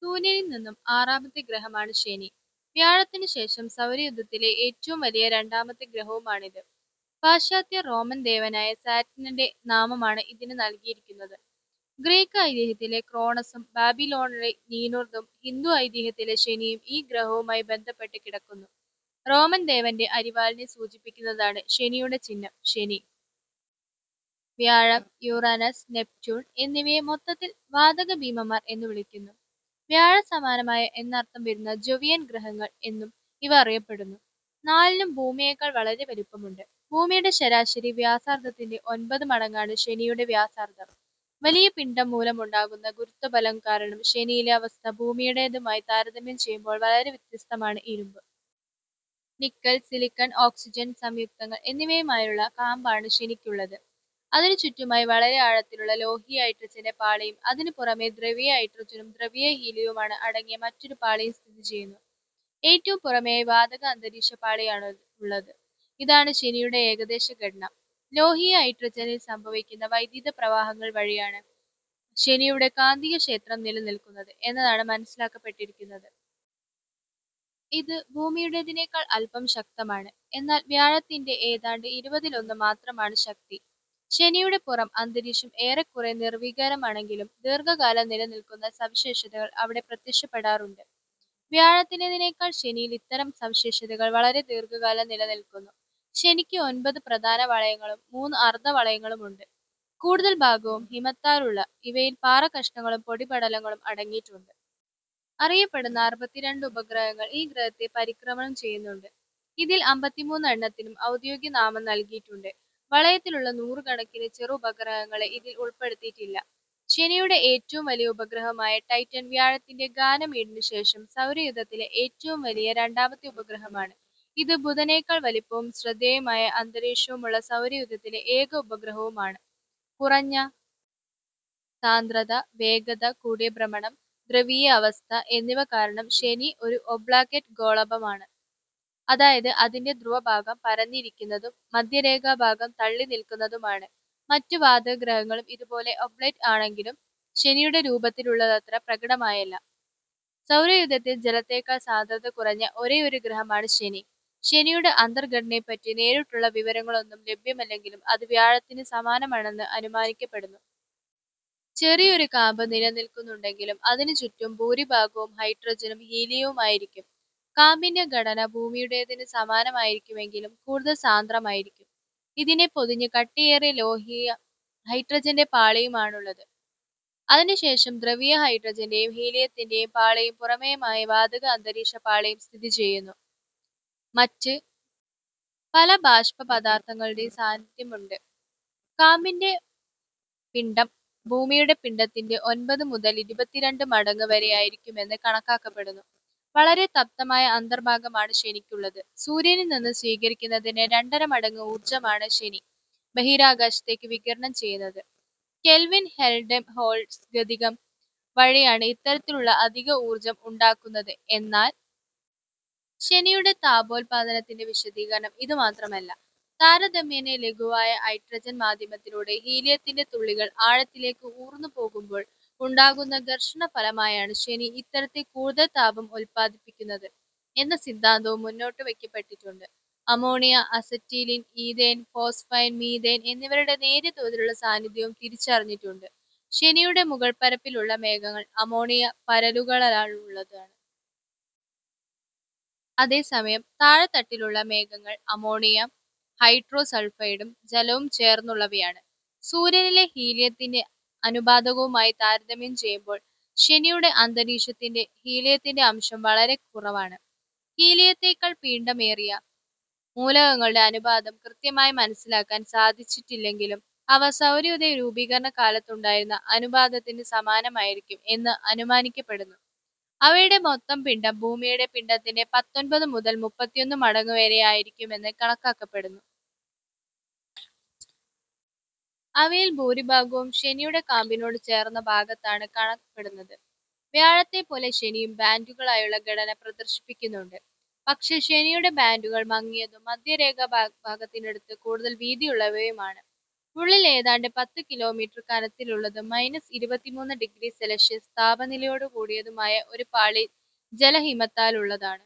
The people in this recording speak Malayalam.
സൂര്യനിൽനിന്നും ആറാമത്തെ ഗ്രഹമാണ് ശനി. വ്യാഴത്തിനു ശേഷം സൗരയൂഥത്തിലെ ഏറ്റവും വലിയ രണ്ടാമത്തെ ഗ്രഹവുമാണിത്. പാശ്ചാത്യർ റോമൻ ദേവനായ സാറ്റണൻ്റെ നാമമാണ് ഇതിന് നൽകിയിരിക്കുന്നത്. ഗ്രീക്ക് ഐതിഹ്യത്തിലെ ക്രോണസും ബാബിലോണ്ലെ നിനൂർതയും ഹിന്ദു ഐതിഹ്യത്തിലെ ശനിയും ഈ ഗ്രഹവുമായി ബന്ധപ്പെട്ടു കിടക്കുന്നു. റോമൻ ദേവൻ്റെ അരിവാളിനെ സൂചിപ്പിക്കുന്നതാണ് ശനിയുടെ ചിഹ്നം.ശനി, വ്യാഴം, യൂറാനസ്, നെപ്റ്റ്യൂൺ എന്നിവയെ മൊത്തത്തിൽ വാതകഭീമന്മാർ എന്ന് വിളിക്കുന്നു. വ്യാഴസമാനമായ എന്നർഥം വരുന്ന ജൊവിയൻ ഗ്രഹങ്ങൾ എന്നും ഇവ അറിയപ്പെടുന്നു. നാലിനും ഭൂമിയെക്കാൾ വളരെ വലിപ്പമുണ്ട്. ഭൂമിയുടെ ശരാശരി വ്യാസാർധത്തിൻ്റെ ഒൻപത് മടങ്ങാണ് ശനിയുടെ വ്യാസാർധം. വലിയ പിണ്ഡം മൂലമുണ്ടാകുന്ന ഗുരുത്വബലം കാരണം ശനിയിലെ അവസ്ഥ ഭൂമിയുടേതുമായി താരതമ്യം ചെയ്യുമ്പോൾ വളരെ വ്യത്യസ്തമാണ്. ഇരുമ്പ്, നിക്കൽ, സിലിക്കൺ, ഓക്സിജൻ സംയുക്തങ്ങൾ എന്നിവയുമായുള്ള കാമ്പാണ് ശനിക്കുള്ളത്. അതിനു ചുറ്റുമായി വളരെ ആഴത്തിലുള്ള ലോഹീയ ഹൈഡ്രജൻ്റെ പാളിയും അതിനുപുറമേ ദ്രവീയ ഹൈഡ്രജനും ദ്രവീയ ഹീലിയവുമാണ് അടങ്ങിയ മറ്റൊരു പാളിയും സ്ഥിതിചെയ്യുന്നു. ഏറ്റവും പുറമേ വാതക അന്തരീക്ഷ പാളിയാണുള്ളത്. ഇതാണ് ശനിയുടെ ഏകദേശ ഘടന. ലോഹീയ ഹൈഡ്രജനിൽ സംഭവിക്കുന്ന വൈദിതപ്രവാഹങ്ങൾ വഴിയാണ് ശനിയുടെ കാന്തികക്ഷേത്രം നിലനിൽക്കുന്നത് എന്നതാണ് മനസ്സിലാക്കപ്പെട്ടിരിക്കുന്നത്. ഇത് ഭൂമിയുടേതിനേക്കാൾ അല്പം ശക്തമാണ്. എന്നാൽ വ്യാഴത്തിന്റേ ഏതാണ്ട് ഇരുവതിലൊന്ന് മാത്രമാണ് ശക്തി. ശനിയുടെ പുറം അന്തരീക്ഷം ഏറെക്കുറെ നിർവികാരമാണെങ്കിലും ദീർഘകാലം നിലനിൽക്കുന്ന സവിശേഷതകൾ അവിടെ പ്രത്യക്ഷപ്പെടാറുണ്ട്. വ്യാഴത്തിലേതിനേക്കാൾ ശനിയില് ഇത്തരം സവിശേഷതകൾ വളരെ ദീർഘകാലം നിലനിൽക്കുന്നു. ശനിക്ക് ഒൻപത് പ്രധാന വളയങ്ങളും മൂന്ന് അർധവളയങ്ങളുമുണ്ട്. കൂടുതൽ ഭാഗവും ഹിമത്താറുള്ള ഇവയിൽ പാറക്കഷണങ്ങളും പൊടിപടലങ്ങളും അടങ്ങിയിട്ടുണ്ട്. അറിയപ്പെടുന്ന അറുപത്തിരണ്ട് ഉപഗ്രഹങ്ങൾ ഈ ഗ്രഹത്തെ പരിക്രമണം ചെയ്യുന്നുണ്ട്. ഇതിൽ അമ്പത്തിമൂന്ന് എണ്ണത്തിനും ഔദ്യോഗ്യ നാമം നൽകിയിട്ടുണ്ട്. വളയത്തിലുള്ള നൂറുകണക്കിന് ചെറുപഗ്രഹങ്ങളെ ഇതിൽ ഉൾപ്പെടുത്തിയിട്ടില്ല. ശനിയുടെ ഏറ്റവും വലിയ ഉപഗ്രഹമായ ടൈറ്റൻ വ്യാഴത്തിൻ്റെ ഗാനിമീഡിന് ശേഷം സൗരയൂഥത്തിലെ ഏറ്റവും വലിയ രണ്ടാമത്തെ ഉപഗ്രഹമാണ്. ഇത് ബുധനേക്കാൾ വലിപ്പവും ശ്രദ്ധേയമായ അന്തരീക്ഷമുള്ള സൗരയൂഥത്തിലെ ഏക ഉപഗ്രഹവുമാണ്. കുറഞ്ഞ സാന്ദ്രത, വേഗത കൂടിയ ഭ്രമണം, ദ്രവീയ അവസ്ഥ എന്നിവ കാരണം ശനി ഒരു ഒബ്ലേകറ്റ് ഗോളാഭമാണ്. അതായത് അതിൻ്റെ ധ്രുവഭാഗം പരന്നിരിക്കുന്നതും മധ്യരേഖാഭാഗം തള്ളിനിൽക്കുന്നതുമാണ്. മറ്റ് വാതകഗ്രഹങ്ങളും ഇതുപോലെ ഒബ്ലേറ്റ് ആണെങ്കിലും ശനിയുടെ രൂപത്തിലുള്ളതത്ര പ്രകടമായല്ല. സൗരയുഥത്തിൽ ജലത്തേക്കാൾ സാന്ദ്രത കുറഞ്ഞ ഒരേയൊരു ഗ്രഹമാണ് ശനി. ശനിയുടെ അന്തർഘടനയെപ്പറ്റി നേരിട്ടുള്ള വിവരങ്ങളൊന്നും ലഭ്യമല്ലെങ്കിലും അത് വ്യാഴത്തിന് സമാനമാണെന്ന് അനുമാനിക്കപ്പെടുന്നു. ചെറിയൊരു കാമ്പ് നിലനിൽക്കുന്നുണ്ടെങ്കിലും അതിനു ചുറ്റും ഭൂരിഭാഗവും ഹൈഡ്രജനും ഹീലിയവുമായിരിക്കും. കാമ്പിൻ്റെ ഘടന ഭൂമിയുടേതിന് സമാനമായിരിക്കുമെങ്കിലും കൂടുതൽ സാന്ദ്രമായിരിക്കും. ഇതിനെ പൊതിഞ്ഞ് കട്ടിയേറിയ ലോഹീയ ഹൈഡ്രജൻ്റെ പാളിയുമാണുള്ളത്. അതിനു ശേഷം ദ്രവീയ ഹൈഡ്രജൻ്റെ യും ഹീലിയത്തിൻ്റെ യും പാളിയും പുറമേമായി വാതക അന്തരീക്ഷ പാളിയും സ്ഥിതിചെയ്യുന്നു. മറ്റ് പല ബാഷ്പ പദാർഥങ്ങളുടെയും സാന്നിധ്യമുണ്ട്. കാമ്പിൻ്റെ പിണ്ഡം ഭൂമിയുടെ പിണ്ഡത്തിൻ്റെ ഒൻപത് മുതൽ ഇരുപത്തിരണ്ട് മടങ്ങ് വരെയായിരിക്കുമെന്ന് കണക്കാക്കപ്പെടുന്നു. വളരെ തപ്തമായ അന്തർഭാഗമാണ് ശനിക്കുള്ളത്. സൂര്യനിൽനിന്ന് സ്വീകരിക്കുന്നതിൻ്റെ രണ്ടര മടങ്ങ് ഊർജമാണ് ശനി ബഹിരാകാശത്തേക്ക് വികിരണം ചെയ്യുന്നത്. കെൽവിൻ ഹെൽഡെ ഹോൾട്സ് ഗതികം വഴിയാണ് ഇത്തരത്തിലുള്ള അധിക ഊർജം ഉണ്ടാകുന്നത്. എന്നാൽ ശനിയുടെ താപോൽപാദനത്തിൻ്റെ വിശദീകരണം ഇതുമാത്രമല്ല. താരതമ്യേന ലഘുവായ ഹൈഡ്രജൻ മാധ്യമത്തിലൂടെ ഹീലിയത്തിൻ്റെ തുള്ളികൾ ആഴത്തിലേക്ക് ഊർന്നുപോകുമ്പോൾ ഉണ്ടാകുന്ന ഘർഷണഫലമായാണ് ശനി ഇത്തരത്തിൽ കൂടുതൽ താപം ഉൽപാദിപ്പിക്കുന്നത് എന്ന സിദ്ധാന്തവും മുന്നോട്ടുവയ്ക്കപ്പെട്ടിട്ടുണ്ട്. Ammonia, acetylene, ethane, phosphine, methane എന്നിവയുടെ നേരിയ തോതിലുള്ള സാന്നിധ്യവും തിരിച്ചറിഞ്ഞിട്ടുണ്ട്. ശനിയുടെ മുകൾപ്പരപ്പിലുള്ള മേഘങ്ങൾ അമോണിയ പരലുകളളാലുള്ളതാണ്. അതേസമയം താഴെത്തട്ടിലുള്ള മേഘങ്ങൾ അമോണിയം ഹൈഡ്രോസൾഫൈഡും ജലവും ചേർന്നുള്ളവയാണ്. സൂര്യനിലെ ഹീലിയത്തിൻ്റെ അനുപാതകവുമായി താരതമ്യം ചെയ്യുമ്പോൾ ശനിയുടെ അന്തരീക്ഷത്തിന്റെ ഹീലിയത്തിൻ്റെ അംശം വളരെ കുറവാണ്. ഹീലിയത്തേക്കാൾ പീണ്ഡമേറിയ മൂലകങ്ങളുടെ അനുപാതം കൃത്യമായി മനസ്സിലാക്കാൻ സാധിച്ചിട്ടില്ലെങ്കിലും അവ സൗരയുഥ രൂപീകരണകാലത്തുണ്ടായിരുന്ന അനുപാതത്തിന് സമാനമായിരിക്കും എന്ന് അനുമാനിക്കപ്പെടുന്നു. അവയുടെ മൊത്തം പിണ്ഡം ഭൂമിയുടെ പിണ്ഡത്തിൻ്റെ പത്തൊൻപത് മുതൽ മുപ്പത്തിയൊന്ന് മടങ്ങ് വരെയായിരിക്കുമെന്ന് കണക്കാക്കപ്പെടുന്നു. അവയിൽ ഭൂരിഭാഗവും ശനിയുടെ കാമ്പിനോട് ചേർന്ന ഭാഗത്താണ് കാണപ്പെടുന്നത്. വ്യാഴത്തെപ്പോലെ ശനിയും ബാൻഡുകളായുള്ള ഘടന പ്രദർശിപ്പിക്കുന്നുണ്ട്. പക്ഷേ ശനിയുടെ ബാൻഡുകൾ മങ്ങിയതും മധ്യരേഖാഭഭാഗത്തിനടുത്ത് കൂടുതൽ വീതിയുള്ളവയുമാണ്. ഉള്ളിൽ ഏതാണ്ട് പത്ത് കിലോമീറ്റർ കനത്തിലുള്ളതും മൈനസ് ഇരുപത്തിമൂന്ന് ഡിഗ്രി സെല്ഷ്യസ് താപനിലയോടുകൂടിയതുമായ ഒരു പാളി ജലഹിമത്താലുള്ളതാണ്.